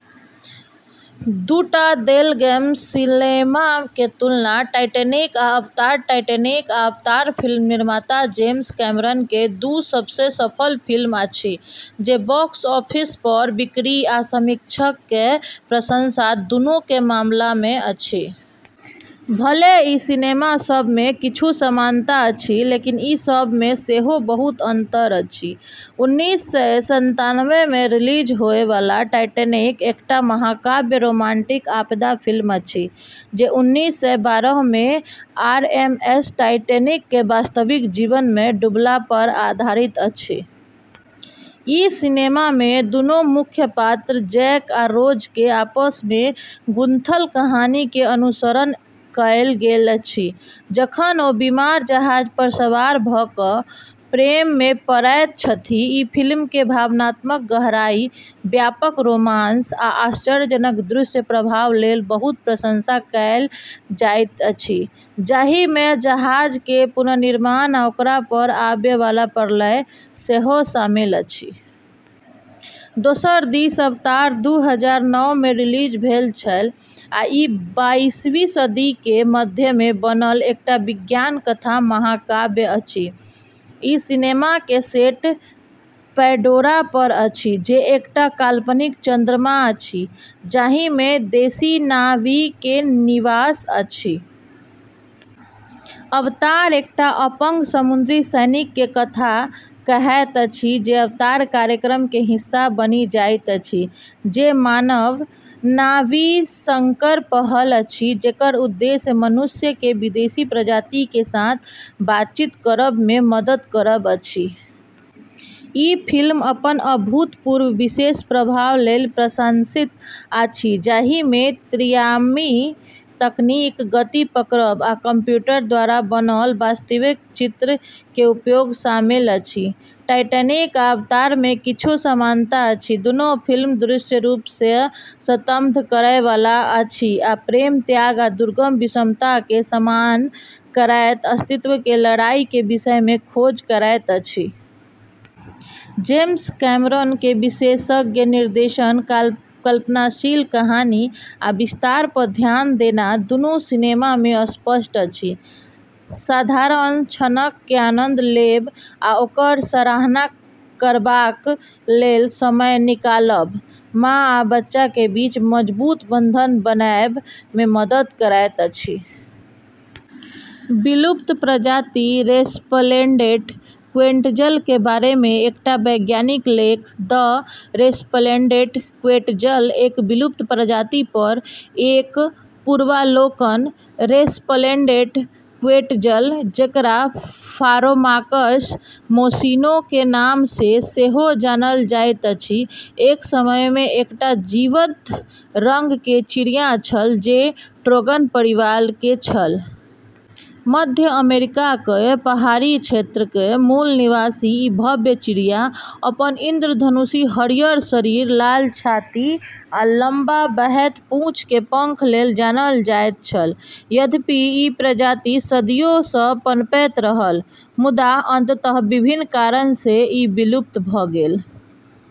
दू टा देल गेल सिनेमा के तुलना। टाइटैनिक आ अवतार। टाइटैनिक आ अवतार फिल्म निर्माता जेम्स कैमरन के दू सबसँ सफल फिल्म अछि, जे बॉक्स ऑफिस पर बिक्री आ समीक्षक के प्रशंसा दुनू के मामला मे अछि। भले ही ई सिनेमा सब मे किछु समानता अछि, लेकिन ई सब मे सेहो बहुत अंतर अछि। उन्नीस सय सत्तानबे मे रिलीज होय वाला टाइटैनिक एकटा महाकाव्य रोमांटिक आपदा फिल्म अछि जे उन्नीस सय बारह मे आरएमएस टाइटैनिक के वास्तविक जीवन मे डूबला पर आधारित अछि। ई सिनेमा मे दुनू मुख्य पात्र जैक आ रोज के आपस मे गूंथल कहानी के अनुसरण कएल गेल अछि, जखन ओ बीमार जहाज पर सवार भ क प्रेम मे पड़ैत छथि। ई फिल्म के भावनात्मक गहराई, व्यापक रोमांस, आ आश्चर्यजनक दृश्य प्रभाव लेल बहुत प्रशंसा कएल जाइत अछि, जाहि मे जहाज के पुनर्निर्माण आ ओकरा पर आबय वाला प्रलय सेहो शामिल अछि। दोसर दिस अवतार दू हजार नौ मे रिलीज भेल छल आ ई बाइसवीं सदी के मध्य मे बनल एकटा विज्ञान कथा महाकाव्य अछि। ई सिनेमा के सेट पैंडोरा पर अछि, जे एकटा काल्पनिक चंद्रमा अछि, जाहि मे देशी ना वी के निवास अछि। अवतार एकटा अपंग समुद्री सैनिक के कथा कहैत अछि जे अवतार कार्यक्रम के हिस्सा बनि जाइत अछि, जे मानव ना वी संकर पहल अछि जेकर उद्देश्य मनुष्य के विदेशी प्रजाति के साथ बातचीत करब मे मदद करब अछि। ई फिल्म अपन अभूतपूर्व विशेष प्रभाव लेल प्रशंसित अछि, जाहि मे त्रिआयामी तकनीक, गति पकड़ब, आ कंप्यूटर द्वारा बनल वास्तविक चित्र के उपयोग शामिल अछि। टाइटैनिक आ अवतार मे किछु समानता अछि। दुनू फिल्म दृश्य रूप सँ स्तब्ध करय वाला अछि आ प्रेम, त्याग, आ दुर्गम विषमता के सामना करैत अस्तित्व के लड़ाई के विषय के खोज करैत अछि। जेम्स कैमरन के विशेषज्ञ निर्देशन, कल्पनाशील कहानी, आ विस्तार पर ध्यान देना दुनू सिनेमा मे स्पष्ट अछि। साधारण क्षणक के आनंद लेब आ ओकर सराहना करबाक लेल समय निकालब माँ आ बच्चा के बीच मजबूत बंधन बनएब मे मदद करैत अछि। विलुप्त प्रजाति, रेस्प्लेंडेंट क्वेट्ज़ल के बारे मे एकटा वैज्ञानिक लेख। द रेस्प्लेंडेंट क्वेट्ज़ल एक विलुप्त प्रजाति पर एक पूर्वालोकन। रेस्प्लेंडेंट क्वेट्ज़ल, जकरा फारोमाक्रस मोसिनो के नाम सँ सेहो जानल जाइत अछि, एक समय मे एकटा जीवंत रंग के चिड़िया छल जे ट्रोगन परिवार के छल। मध्य अमेरिका के पहाड़ी क्षेत्र के मूल निवासी ई भव्य चिड़िया अपन इंद्रधनुषी हरियर शरीर, लाल छाती आ लम्बा, बहैत पूँछ के पंख लेल जानल जाइत छल। यद्यपि ई प्रजाति सदियो सँ पनपैत रहल, मुदा अंततः विभिन्न कारण सँ ई विलुप्त भ गेल।